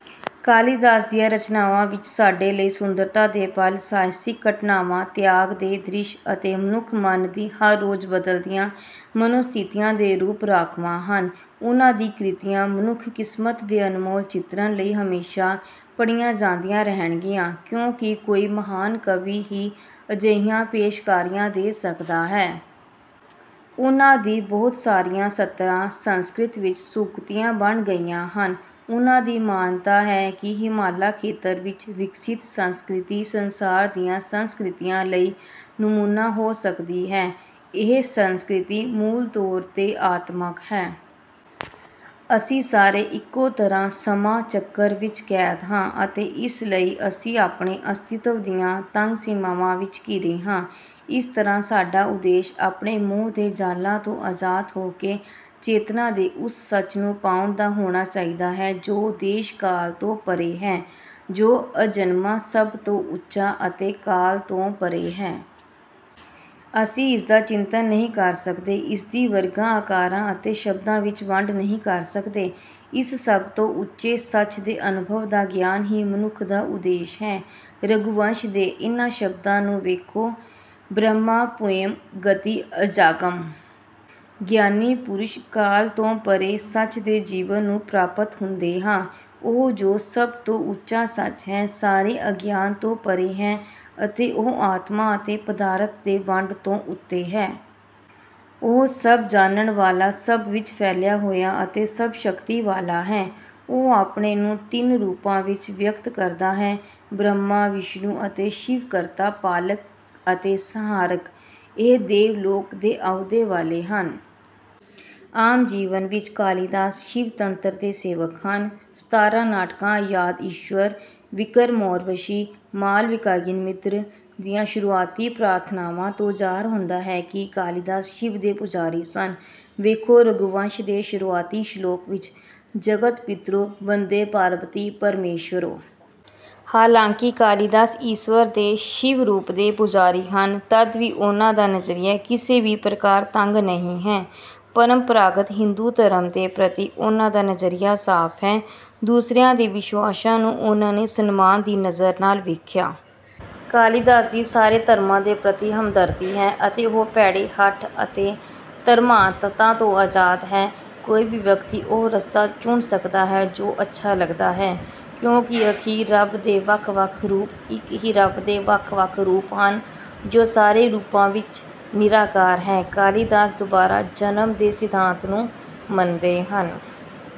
ਕਾਲੀਦਾਸ ਦੀਆਂ ਰਚਨਾਵਾਂ ਵਿੱਚ ਸਾਡੇ ਲਈ ਸੁੰਦਰਤਾ ਦੇ ਪਲ ਸਾਹਸਿਕ ਘਟਨਾਵਾਂ ਤਿਆਗ ਦੇ ਦ੍ਰਿਸ਼ ਅਤੇ ਮਨੁੱਖ ਮਨ ਦੀ ਹਰ ਰੋਜ਼ ਬਦਲਦੀਆਂ ਮਨੋ ਸਥਿਤੀਆਂ ਦੇ ਰੂਪ ਰਾਖਵਾਂ ਹਨ। ਉਨ੍ਹਾਂ ਦੀ ਕ੍ਰਿਤੀਆਂ ਮਨੁੱਖ ਕਿਸਮਤ ਦੇ ਅਨਮੋਲ ਚਿਤਰਣ ਲਈ ਹਮੇਸ਼ਾਂ ਪੜ੍ਹੀਆਂ ਜਾਂਦੀਆਂ ਰਹਿਣਗੀਆਂ ਕਿਉਂਕਿ ਕੋਈ ਮਹਾਨ ਕਵੀ ਹੀ ਅਜਿਹੀਆਂ ਪੇਸ਼ਕਾਰੀਆਂ ਦੇ ਸਕਦਾ ਹੈ। ਉਨ੍ਹਾਂ ਦੀ ਬਹੁਤ ਸਾਰੀਆਂ ਸਤਰਾਂ ਸੰਸਕ੍ਰਿਤ ਵਿੱਚ ਸੂਕਤੀਆਂ ਬਣ ਗਈਆਂ ਹਨ। ਉਨ੍ਹਾਂ ਦੀ ਮਾਨਤਾ ਹੈ ਕਿ ਹਿਮਾਲਾ ਖੇਤਰ ਵਿੱਚ ਵਿਕਸਿਤ ਸੰਸਕ੍ਰਿਤੀ ਸੰਸਾਰ ਦੀਆਂ ਸੰਸਕ੍ਰਿਤੀਆਂ ਲਈ ਨਮੂਨਾ ਹੋ ਸਕਦੀ ਹੈ। ਇਹ ਸੰਸਕ੍ਰਿਤੀ ਮੂਲ ਤੌਰ ਤੇ ਆਤਮਕ ਹੈ। ਅਸੀਂ ਸਾਰੇ ਇਕੋ ਤਰ੍ਹਾਂ ਸਮਾਂ ਚੱਕਰ ਵਿੱਚ ਕੈਦ ਹਾਂ ਅਤੇ ਇਸ ਲਈ ਅਸੀਂ ਆਪਣੇ ਅਸਤਿਤਵ ਦੀਆਂ ਤੰਗ ਸੀਮਾਵਾਂ ਵਿੱਚ ਘਿਰੇ ਹਾਂ। ਇਸ ਤਰ੍ਹਾਂ ਸਾਡਾ ਉਦੇਸ਼ ਆਪਣੇ ਮੋਹ ਦੇ ਜਾਲਾਂ ਤੋਂ ਅਜ਼ਾਦ ਹੋਕੇ ਚੇਤਨਾ ਦੇ ਉਸ ਸੱਚ ਨੂੰ ਪਾਉਣ ਦਾ ਹੋਣਾ ਚਾਹੀਦਾ ਹੈ ਜੋ ਦੇਸ਼ ਕਾਲ ਤੋਂ ਪਰੇ ਹੈ ਜੋ ਅਜਨਮਾ ਸਭ ਤੋਂ ਉੱਚਾ ਅਤੇ ਕਾਲ ਤੋਂ ਪਰੇ ਹੈ। ਅਸੀਂ ਇਸਦਾ ਚਿੰਤਨ ਨਹੀਂ ਕਰ ਸਕਦੇ ਇਸਦੀ ਵਰਗਾਂ ਆਕਾਰਾਂ ਅਤੇ ਸ਼ਬਦਾਂ ਵਿੱਚ ਵੰਡ ਨਹੀਂ ਕਰ ਸਕਦੇ। ਇਸ ਸਭ ਤੋਂ ਉੱਚੇ ਸੱਚ ਦੇ ਅਨੁਭਵ ਦਾ ਗਿਆਨ ਹੀ ਮਨੁੱਖ ਦਾ ਉਦੇਸ਼ ਹੈ। ਰਘੂਵੰਸ਼ ਦੇ ਇਨ੍ਹਾਂ ਸ਼ਬਦਾਂ ਨੂੰ ਵੇਖੋ ਬਰਹਮਾਭੂਇੰ ਗਤੀਂ ਅਜਾਗੰ। ਗਿਆਨੀ ਪੁਰੁਸ਼ ਕਾਲ ਤੋਂ ਪਰੇ ਸੱਚ ਦੇ ਜੀਵਨ ਨੂੰ ਪ੍ਰਾਪਤ ਹੁੰਦੇ ਹਾਂ। ਉਹ ਜੋ ਸਭ ਤੋਂ ਉੱਚਾ ਸੱਚ ਹੈ ਸਾਰੇ ਅਗਿਆਨ ਤੋਂ ਪਰੇ ਹੈ ਅਤੇ ਉਹ ਆਤਮਾ ਅਤੇ ਪਦਾਰਥ ਦੇ ਵੰਡ ਤੋਂ ਉੱਤੇ ਹੈ। ਉਹ ਸਭ ਜਾਣਨ ਵਾਲਾ ਸਭ ਵਿੱਚ ਫੈਲਿਆ ਹੋਇਆ ਅਤੇ ਸਭ ਸ਼ਕਤੀ ਵਾਲਾ ਹੈ। ਉਹ ਆਪਣੇ ਨੂੰ ਤਿੰਨ ਰੂਪਾਂ ਵਿੱਚ ਵਿਅਕਤ ਕਰਦਾ ਹੈ ਬ੍ਰਹਮਾ ਵਿਸ਼ਨੂੰ ਅਤੇ ਸ਼ਿਵ ਕਰਤਾ ਪਾਲਕ ਅਤੇ ਸੰਹਾਰਕ। ਇਹ ਦੇਵ ਲੋਕ ਦੇ ਅਹੁਦੇ ਵਾਲੇ ਹਨ। ਆਮ ਜੀਵਨ ਵਿੱਚ ਕਾਲੀਦਾਸ ਸ਼ਿਵਤੰਤਰ ਦੇ ਸੇਵਕ ਹਨ। ਸਤਾਰਾਂ ਨਾਟਕਾਂ ਯਾਦ ਈਸ਼ਵਰ ਵਿਕਰਮੋਰਵਸ਼ੀ ਮਾਲਵਿਕਾਗਨਿਮਿਤਰ ਦੀਆਂ ਸ਼ੁਰੂਆਤੀ ਪ੍ਰਾਰਥਨਾਵਾਂ ਤੋਂ ਜ਼ਾਹਰ ਹੁੰਦਾ ਹੈ ਕਿ ਕਾਲੀਦਾਸ ਸ਼ਿਵ ਦੇ ਪੂਜਾਰੀ ਸਨ। ਵੇਖੋ ਰਘੂਵੰਸ਼ ਦੇ ਸ਼ੁਰੂਆਤੀ ਸ਼ਲੋਕ ਵਿੱਚ ਜਗਤ ਪਿਤਰੌ ਵੰਦੇ ਪਾਰਬਤੀ ਪਰਮੇਸ਼ਵਰੌ। ਹਾਲਾਂਕਿ ਕਾਲੀਦਾਸ ਈਸਵਰ ਦੇ ਸ਼ਿਵ ਰੂਪ ਦੇ ਪੂਜਾਰੀ ਹਨ ਤਦ ਵੀ ਉਨ੍ਹਾਂ ਦਾ ਨਜ਼ਰੀਆ ਕਿਸੇ ਵੀ ਪ੍ਰਕਾਰ ਤੰਗ ਨਹੀਂ ਹੈ। ਪਰੰਪਰਾਗਤ ਹਿੰਦੂ ਧਰਮ ਦੇ ਪ੍ਰਤੀ ਉਨ੍ਹਾਂ ਦਾ ਨਜ਼ਰੀਆ ਸਾਫ ਹੈ। ਦੂਸਰਿਆਂ ਦੇ ਵਿਸ਼ਵਾਸਾਂ ਨੂੰ ਉਨ੍ਹਾਂ ਨੇ ਸਨਮਾਨ ਦੀ ਨਜ਼ਰ ਨਾਲ ਵੇਖਿਆ। ਕਾਲੀਦਾਸ ਦੀ ਸਾਰੇ ਧਰਮਾਂ ਦੇ ਪ੍ਰਤੀ ਹਮਦਰਦੀ ਹੈ ਅਤੇ ਉਹ ਭੈੜੇ ਹਠ ਅਤੇ ਧਰਮਾਂਧਤਾ ਤੋਂ ਅਜ਼ਾਦ ਹੈ। ਕੋਈ ਵੀ ਵਿਅਕਤੀ ਉਹ ਰਸਤਾ ਚੁਣ ਸਕਦਾ ਹੈ ਜੋ ਅੱਛਾ ਲੱਗਦਾ ਹੈ ਕਿਉਂਕਿ ਆਖੀਰ ਰੱਬ ਦੇ ਵੱਖ ਵੱਖ ਰੂਪ ਇੱਕ ਹੀ ਰੱਬ ਦੇ ਵੱਖ ਵੱਖ ਰੂਪ ਹਨ ਜੋ ਸਾਰੇ ਰੂਪਾਂ ਵਿੱਚ ਨਿਰਾਕਾਰ ਹੈ। ਕਾਲੀਦਾਸ ਦੁਬਾਰਾ ਜਨਮ ਦੇ ਸਿਧਾਂਤ ਨੂੰ ਮੰਨਦੇ ਹਨ।